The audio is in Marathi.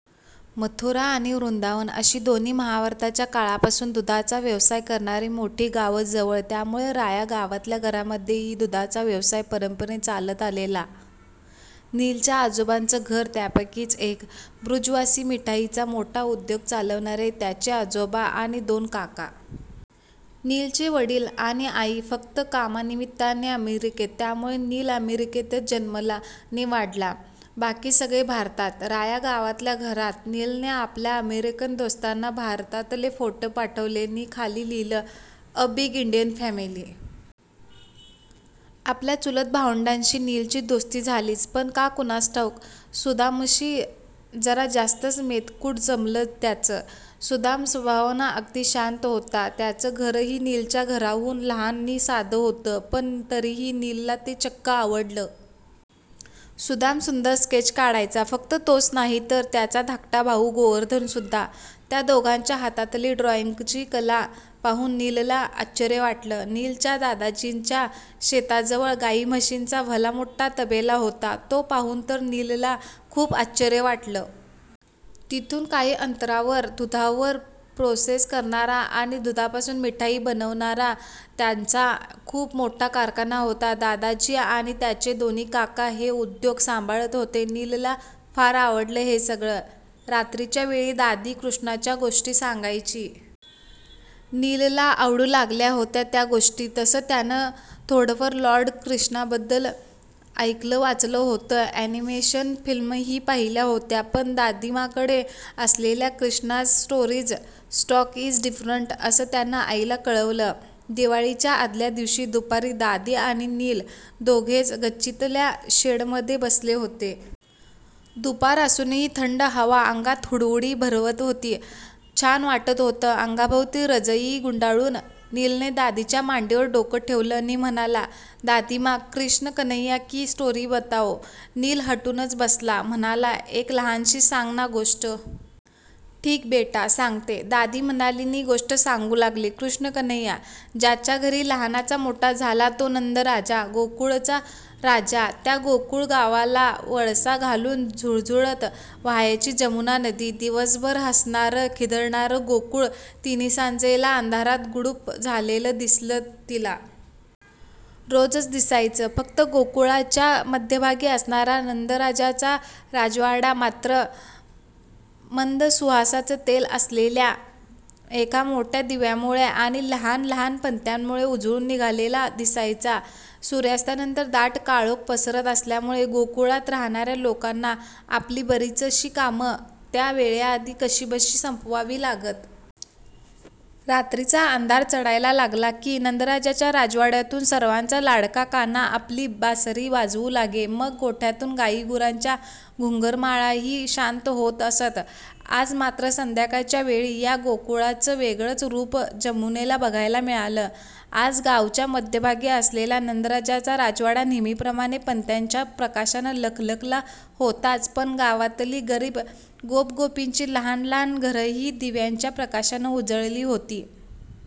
मथुरा आणि वृन्दावन अशी दोन्ही महाभारताच्या काळापासून दुधाचा व्यवसाय करणारी मोठी गावं जवळ. त्यामुळे राया गावातल्या घरांमध्येही दुधाचा व्यवसाय परंपरेनं चालत आलेला. नीलच्या आजोबांचं घर त्यापैकीच एक. बृजवासी मिठाईचा मोठा उद्योग चालवणारे त्याचे आजोबा आणि दोन काका. नीलचे वडील आणि आई फक्त कामानिमित्ताने अमेरिकेत. त्यामुळे नील अमेरिकेतच जन्मला नि वाढला. बाकी सगळे भारतात, राया गावातल्या घरात. नीलने आपल्या अमेरिकन दोस्तांना भारतातले फोटो पाठवले नि खाली लिहिलं... 'अ बिग इंडियन फॅमिली'... आपल्या चुलत भावंडांशी नीलची दोस्ती झालीच, पण का कुणास ठाऊक सुदामशी जरा जास्तच मेतकूट जमलं त्याचं. सुदाम स्वभावानं अगदी शांत होता. त्याचं घरही नीलच्या घराहून लहान नि साधं होतं. पण तरीही नीलला ते चक्क आवडलं. सुदाम सुंदर स्केच काढायचा. फक्त तोच नाही तर त्याचा धाकटा भाऊ गोवर्धनसुद्धा. त्या दोघांच्या हातातली ड्रॉइंगची कला पाहून नीलला आश्चर्य वाटलं. नीलच्या दादाजींच्या शेताजवळ गाई-म्हशींचा भलामोठा तबेला होता. तो पाहून तर नीलला खूप आश्चर्य वाटलं. तिथून काही अंतरावर दुधावर प्रोसेस करणारा आणि दुधापासून मिठाई बनवणारा त्यांचा खूप मोठा कारखाना होता. दादाजी आणि त्याचे दोन्ही काका हे उद्योग सांभाळत होते. नीलला फार आवडलं हे सगळं. रात्रीच्या वेळी दादी कृष्णाच्या गोष्टी सांगायची. नीलला आवडू लागल्या होत्या त्या गोष्टी. तसं त्यानं थोडंफार लॉर्ड क्रिष्णाबद्दल ऐकलं-वाचलं होतं. अॅनिमेशन फिल्मही पाहिल्या होत्या. पण, 'दादीमाकडे असलेला Krishna's stories stock is different,' असं त्यानं आईला कळवलं. दिवाळीच्या आदल्या दिवशी दुपारी दादी आणि नील दोघेच गच्चीतल्या शेडमध्ये बसले होते. दुपार असूनही थंड हवा अंगात हुडहुडी भरवत होती. छान वाटत होतं. अंगाभोवती रजई गुंडाळून नीलने दादीच्या मांडीवर डोकं ठेवलं नि म्हणाला, "दादीमा... क्रिष्ण कन्हैय्या की स्टोरी बताओ. " नील हटूनच बसला. म्हणाला, "एक लहानशी सांग ना गोष्ट. " "ठीक बेटा, सांगते. " दादी म्हणाली नि गोष्ट सांगू लागली. 'कृष्णकन्हैय्या ज्याच्या घरी लहानाचा मोठा झाला तो नंद राजा. गोकुळचा राजा. त्या गोकुळ गावाला वळसा घालून झुळझुळत वाहायची जमुना नदी. दिवसभर हसणारं, खिदळणारं गोकुळ तिन्हीसांजेला अंधारात गुडूप झालेलं दिसलं तिला. रोजच दिसायचं. फक्त गोकुळाच्या मध्यभागी असणारा नंदराजाचा राजवाडा मात्र, मंद सुवासाचं तेल असलेल्या एका मोठ्या दिव्यामुळे आणि लहान लहान पणत्यांमुळे उजळून निघालेला दिसायचा. सूर्यास्तानंतर दाट काळोख पसरत असल्यामुळे गोकुळात राहणाऱ्या लोकांना आपली बरीचशी कामं त्या वेळेआधी कशीबशी संपवावी लागत. रात्रीचा अंधार चढायला लागला की, नंदराजाच्या राजवाड्यातून सर्वांचा लाडका कान्हा आपली बासरी वाजवू लागे. मग गोठ्यांतून गाई-गुरांच्या घुंगुरमाळाही शांत होत असत. आज मात्र संध्याकाळच्या वेळी या गोकुळाचं वेगळंच रूप जमुनेला बघायला मिळालं. आज गावाच्या मध्यभागी असलेला नंदराजाचा राजवाडा नेहमीप्रमाणे पणत्यांच्या प्रकाशानं लखलखला होताच, पण गावातली गरीब गोप-गोपींची लहान लहान घरंही दिव्याच्या प्रकाशानं उजळली होती.